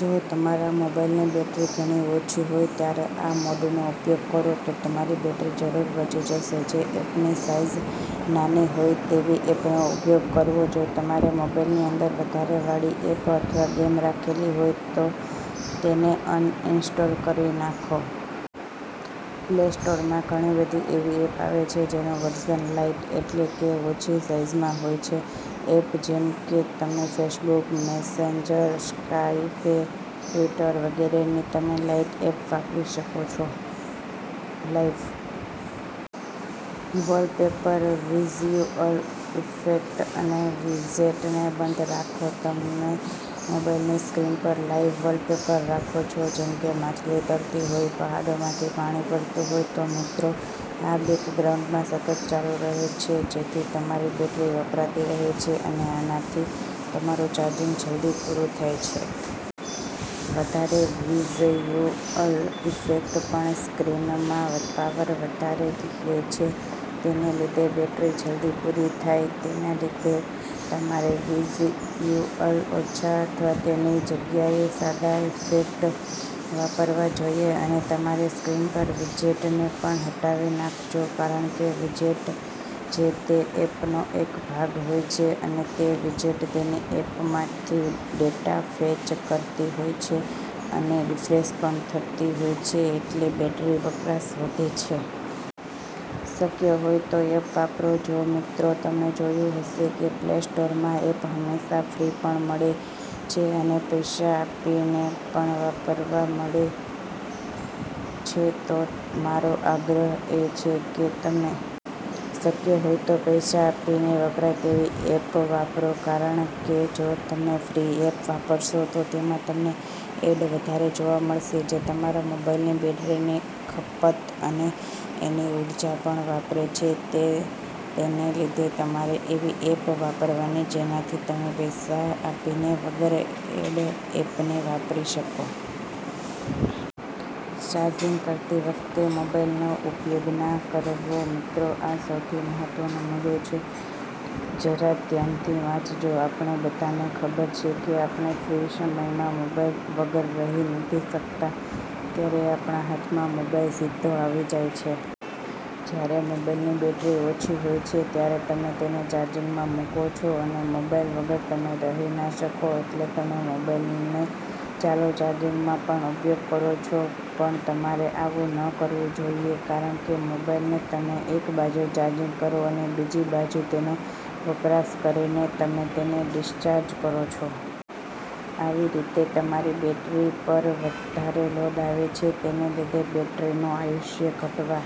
જો તમારા મોબાઈલની બેટરી ઘણી ઓછી હોય ત્યારે આ મોડનો ઉપયોગ કરો તો તમારી બેટરી જરૂર બચી જશે. જે એપની સાઈઝ નાની હોય તેવી એપનો ઉપયોગ કરવો જો તમારે મોબાઈલની અંદર વધારે વાળી એપ અથવા ગેમ રાખેલી હોય તો તેને અન ઇન્સ્ટોલ કરી નાખો. પ્લે સ્ટોરમાં ઘણી બધી એવી એપ આવે છે જેનું વર્ઝન લાઈટ એટલે કે ઓછી સાઈઝમાં હોય છે. એપ જેમ કે તમે ફેસબુક, મેસેન્જર, સ્કાયપે, ટ્વિટર વગેરેની તમે લાઈટ એપ વાપરી શકો છો. લાઈવ વોલપેપર, વિઝયુઅલ ઇફેક્ટ અને વિજેટને બંધ રાખો તમે મોબાઈલની સ્ક્રીન પર લાઈવ વોલપેપર રાખો છો જેમ કે માછલી તરતી હોય, પહાડોમાંથી પાણી પડતું હોય, તો મિત્રો આ બેકગ્રાઉન્ડમાં સતત ચાલુ રહે છે જેથી તમારી બેટરી વપરાતી રહે છે અને આનાથી તમારું ચાર્જિંગ જલ્દી પૂરું થાય છે. વધારે વિઝયુઅલ ઇફેક્ટ પણ સ્ક્રીનમાં પાવર વધારે લે છે તેને લીધે બેટરી જલ્દી પૂરી થાય તેના લીધે તમારે વિઝયુઅલ ઓછા અથવા તેની જગ્યાએ સાદા ઇફેક્ટ વાપરવા જોઈએ અને તમારી સ્ક્રીન પર વિજેટને પણ હટાવી નાખજો કારણ કે વિજેટ જે-તે એપનો એક ભાગ હોય છે અને તે વિજેટ તેની એપમાથી ડેટા ફેચ કરતી હોય છે અને રિફ્રેશ પણ થતી હોય છે એટલે બેટરી વપરાશ વધે છે. શક્ય હોય તો એપ વાપરો. જો મિત્રો તમે જોયું હશે કે પ્લે સ્ટોરમાં એપ હંમેશા ફ્રી પણ મળે છે અને પૈસા આપીને પણ વાપરવા મળે છે તો મારો આગ્રહ એ છે કે તમે શક્ય હોય તો પૈસા આપીને વપરાય તેવી એપ વાપરો કારણ કે જો તમે ફ્રી એપ વાપરશો તો તેમાં તમને એડ વધારે જોવા મળશે જે તમારા મોબાઈલની બેટરીની ખપત અને એની ઉર્જા પણ વાપરે છે તે તેને લીધે તમારે એવી એપ વાપરવાની જેનાથી તમે પૈસા આપીને વગર એડ એપને વાપરી શકો. ચાર્જિંગ કરતી વખતે મોબાઈલ નો ઉપયોગના કરવો મિત્રો આ સૌથી મહત્વનો મુદો છે. જરા ધ્યાનથી વાંચજો. આપણે બધાને ખબર છે કે આપણે ફ્રી સમયમાં મોબાઈલ વગર રહી નથી શકતા ત્યારે આપણા હાથમાં મોબાઈલ સીધો આવી જાય છે. જ્યારે મોબાઇલની બેટરી ઓછી હોય છે ત્યારે તમે તેને ચાર્જિંગમાં મૂકો છો અને મોબાઇલ વગર તમે રહી ના શકો એટલે તમે મોબાઇલને ચાલુ ચાર્જિંગમાં પણ ઉપયોગ કરો છો પણ તમારે આવું ન કરવું જોઈએ કારણ કે મોબાઇલને તમે એક બાજુ ચાર્જિંગ કરો અને બીજી બાજુ તેનો વપરાશ કરીને તમે તેને ડિસ્ચાર્જ કરો છો. આવી રીતે તમારી બેટરી પર વધારે લોડ આવે છે તેને લીધે બેટરીનું આયુષ્ય ઘટવા